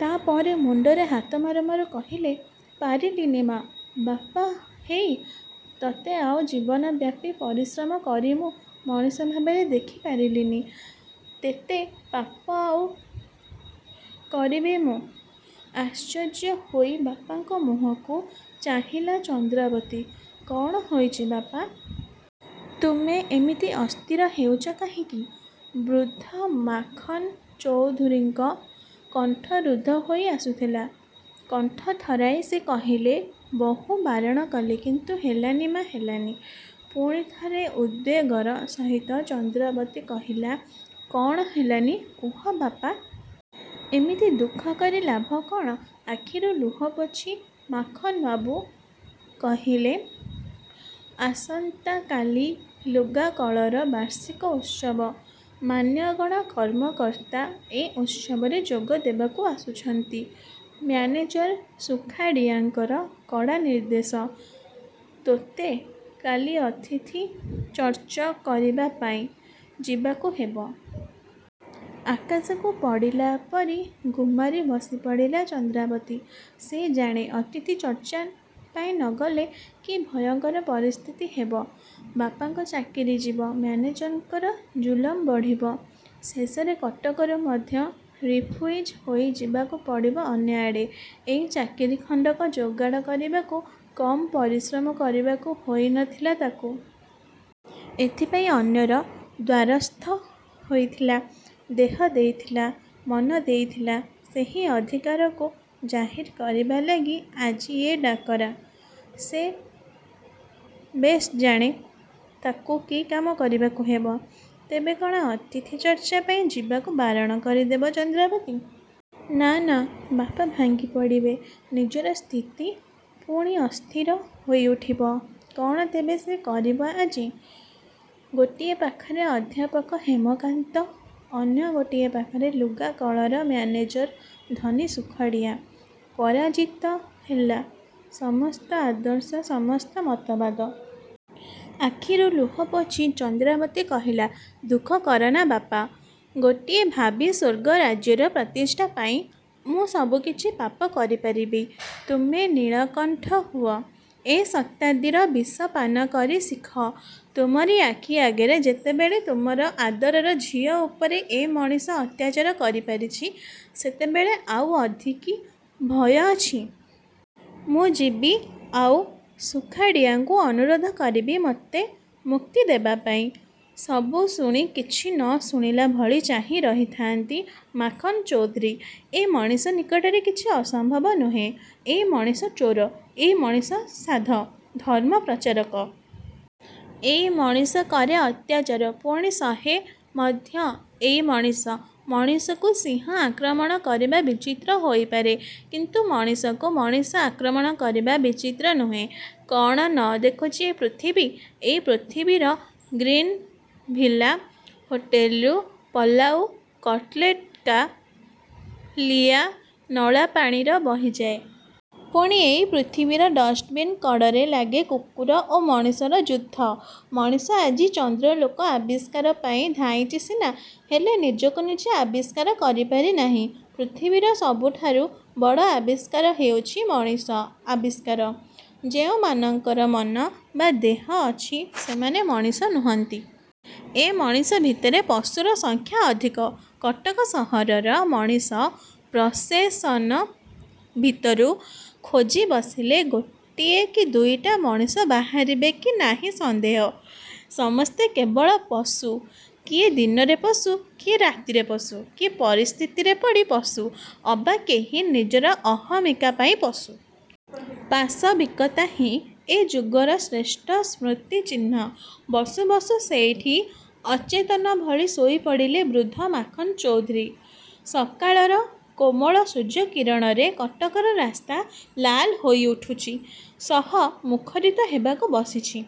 ତା'ପରେ ମୁଣ୍ଡରେ ହାତ ମାରୁ ମାରୁ କହିଲେ''ପାରିଲିନି ମା! ବାପା ହେଇ ତତେ ଆଉ ଜୀବନବ୍ୟାପୀ ପରିଶ୍ରମ କରି ମୁଁ ମଣିଷ ଭାବରେ ଦେଖି ପାରିଲି ନି। ତେତେ ପାପ ଆଉ କରିବି ମୁଁ? '' ଆଶ୍ଚର୍ଯ୍ୟ ହୋଇ ବାପାଙ୍କ ମୁହଁକୁ ଚାହିଁଲା ଚନ୍ଦ୍ରାବତୀ''କ'ଣ ହୋଇଛି ବାପା! ତୁମେ ଏମିତି ଅସ୍ଥିର ହେଉଛ କାହିଁକି? '' ବୃଦ୍ଧ ମାଖନ୍ ଚୌଧୁରୀଙ୍କର କଣ୍ଠ ରୁଦ୍ଧ ହୋଇ ଆସୁଥିଲା। କଣ୍ଠ ଥରାଇ ସେ କହିଲେ''ବହୁ ବାରଣ କଲି କିନ୍ତୁ ହେଲାନି ମା ହେଲାନି। ''ପୁଣି ଥରେ ଉଦ୍ବେଗର ସହିତ ଚନ୍ଦ୍ରାବତୀ କହିଲା ''କ'ଣ ହେଲାନି କୁହ ବାପା! ଏମିତି ଦୁଃଖ କରି ଲାଭ କ'ଣ? '' ଆଖିରୁ ଲୁହ ପୋଛି ମାଖନ୍ବାବୁ କହିଲେ ଆସନ୍ତା କାଲି ଲୁଗାକଳର ବାର୍ଷିକ ଉତ୍ସବ। ମାନ୍ୟଗଣ୍ୟ କର୍ମକର୍ତ୍ତା ଏ ଉତ୍ସବରେ ଯୋଗ ଦେବାକୁ ଆସୁଛନ୍ତି। ମ୍ୟାନେଜର ସୁଖାଡ଼ିଆଙ୍କର କଡ଼ା ନିର୍ଦ୍ଦେଶ, ତୋତେ କାଲି ଅତିଥି ଚର୍ଚ୍ଚ କରିବାପାଇଁ ଯିବାକୁ ହେବ। '' ଆକାଶକୁ ପଡ଼ିଲା ପରି ଗୁମ୍ମାରି ବସିପଡ଼ିଲା ଚନ୍ଦ୍ରାବତୀ। ସେ ଜାଣେ ଅତିଥି ଚର୍ଚ୍ଚା ପାଇଁ ନ ଗଲେ କି ଭୟଙ୍କର ପରିସ୍ଥିତି ହେବ। ବାପାଙ୍କ ଚାକିରି ଯିବ। ମ୍ୟାନେଜରଙ୍କର ଜୁଲମ୍ ବଢ଼ିବ। ଶେଷରେ କଟକରୁ ମଧ୍ୟ ରିଫୁଇଜି ହୋଇ ଯିବାକୁ ପଡ଼ିବ ଅନ୍ୟଆଡ଼େ! ଏଇ ଚାକିରୀ ଖଣ୍ଡକ ଯୋଗାଡ଼ କରିବାକୁ କମ୍ ପରିଶ୍ରମ କରିବାକୁ ହୋଇ ନ ଥିଲା ତାକୁ। ଏଥିପାଇଁ ଅନ୍ୟର ଦ୍ୱାରସ୍ଥ ହୋଇଥିଲା। ଦେହ ଦେଇଥିଲା। ମନ ଦେଇଥିଲା। ସେହି ଅଧିକାରକୁ ଜାହିର କରିବା ଲାଗି ଆଜି ଏ ଡାକରା। ସେ ବେଶ୍ଜାଣେ ତାକୁ କି କାମ କରିବାକୁ ହେବ। ତେବେ କ'ଣ ଅତିଥି ଚର୍ଚ୍ଚା ପାଇଁ ଯିବାକୁ ବାରଣ କରି ଦେବ ଚନ୍ଦ୍ରାବତୀ? ନାଁ ନାଁ ବାପା ଭାଙ୍ଗି ପଡ଼ିବେ। ନିଜର ସ୍ଥିତି ପୁଣି ଅସ୍ଥିର ହୋଇ ଉଠିବ। କ'ଣ ତେବେ ସେ କରିବ ଆଜି। ଗୋଟିଏ ପାଖରେ ଅଧ୍ୟାପକ ହେମକାନ୍ତ ଅନ୍ୟ ଗୋଟିଏ ପାଖରେ ଲୁଗାକଳର ମ୍ୟାନେଜର ଧନୀ ସୁଖଡ଼ିଆ। ପରାଜିତ ହେଲା ସମସ୍ତ ଆଦର୍ଶ.. ସମସ୍ତ ମତବାଦ। ଆଖିରୁ ଲୁହ ପୋଛି ଚନ୍ଦ୍ରାବତୀ କହିଲା''ଦୁଃଖ କରନା ବାପା! ଗୋଟିଏ ଭାବୀ ସ୍ୱର୍ଗରାଜ୍ୟର ପ୍ରତିଷ୍ଠାପାଇଁ ମୁଁ ସବୁ କିଛି ପାପ କରିପାରିବି। ତୁମେ ନୀଳକଣ୍ଠ ହୁଅ, ଏ ଶତାବ୍ଦୀର ବିଷ ପାନ କରି ଶିଖ। ତୁମରି ଆଖି ଆଗରେ ଯେତେବେଳେ ତୁମର ଆଦରର ଝିଅ ଉପରେ ଏ ମଣିଷ ଅତ୍ୟାଚାର କରିପାରିଛି ସେତେବେଳେ ଆଉ ଅଧିକି ଭୟ ଅଛି? ମୁଁ ଯିବି ଆଉ ସୁଖାଡ଼ିଆଙ୍କୁ ଅନୁରୋଧ କରିବି ମୋତେ ମୁକ୍ତି ଦେବାପାଇଁ। '' ସବୁ ଶୁଣି କିଛି ନ ଶୁଣିଲା ଭଳି ଚାହିଁ ରହିଥାଆନ୍ତି ମାଖନ୍ଚୌଧୁରୀ। ଏ ମଣିଷ ନିକଟରେ କିଛି ଅସମ୍ଭବ ନୁହେଁ। ଏଇ ମଣିଷ ଚୋର, ଏଇ ମଣିଷ ସାଧ, ଧର୍ମ ପ୍ରଚାରକ। ଏଇ ମଣିଷ କରେ ଅତ୍ୟାଚାର ପୁଣି ସହେ ମଧ୍ୟ ଏଇ ମଣିଷ। ମଣିଷକୁ ସିଂହ ଆକ୍ରମଣ କରିବା ବିଚିତ୍ର ହୋଇପାରେ କିନ୍ତୁ ମଣିଷକୁ ମଣିଷ ଆକ୍ରମଣ କରିବା ବିଚିତ୍ର ନୁହେଁ। କ'ଣ ନ ଦେଖୁଛି ଏ ପୃଥିବୀ? ଏଇ ପୃଥିବୀର ଗ୍ରୀନ୍ଭିଲ୍ଲା ହୋଟେଲରୁ ପଲାଉ କଟଲେଟ୍କା ଲିଆ ନଳାପାଣିର ବହିଯାଏ। ପୁଣି ଏଇ ପୃଥିବୀର ଡଷ୍ଟବିନ୍ କଡ଼ରେ ଲାଗେ କୁକୁର ଓ ମଣିଷର ଯୁଦ୍ଧ। ମଣିଷ ଆଜି ଚନ୍ଦ୍ରଲୋକ ଆବିଷ୍କାର ପାଇଁ ଧାଇଁଛି ସିନା ହେଲେ ନିଜକୁ ନିଜେ ଆବିଷ୍କାର କରି ପାରିନାହିଁ। ପୃଥିବୀର ସବୁଠାରୁ ବଡ଼ ଆବିଷ୍କାର ହେଉଛି ମଣିଷ ଆବିଷ୍କାର-। ଯେଉଁମାନଙ୍କର ମନ ବା ଦେହ ଅଛି ସେମାନେ ମଣିଷ ନୁହଁନ୍ତି। ଏ ମଣିଷ ଭିତରେ ପଶୁର ସଂଖ୍ୟା ଅଧିକ। କଟକ ସହରର ମଣିଷ ପ୍ରସେସନ୍ଭିତରୁ ଖୋଜି ବସିଲେ ଗୋଟିଏ କି ଦୁଇଟା ମଣିଷ ବାହାରିବେ କି ନାହିଁ ସନ୍ଦେହ। ସମସ୍ତେ କେବଳ ପଶୁ। କିଏ ଦିନରେ ପଶୁ, କିଏ ରାତିରେ ପଶୁ, କିଏ ପରିସ୍ଥିତିରେ ପଡ଼ି ପଶୁ, ଅବା କେହି ନିଜର ଅହମିକା ପାଇଁ ପଶୁ। ପାଶବିକତା ହିଁ ଏ ଯୁଗର ଶ୍ରେଷ୍ଠସ୍ମୃତି ଚିହ୍ନ। ବସୁ ବସୁ ସେଇଠି ଅଚେତନ ଭଳି ଶୋଇପଡ଼ିଲେ ବୃଦ୍ଧ ମାଖନ୍ଚୌଧୁରୀ। ସକାଳର କୋମଳ ସୂର୍ଯ୍ୟକିରଣରେ କଟକର ରାସ୍ତା ଲାଲ ହୋଇ ଉଠିଛି। ସହ ମୁଖରିତ ହେବାକୁ ବସିଛି।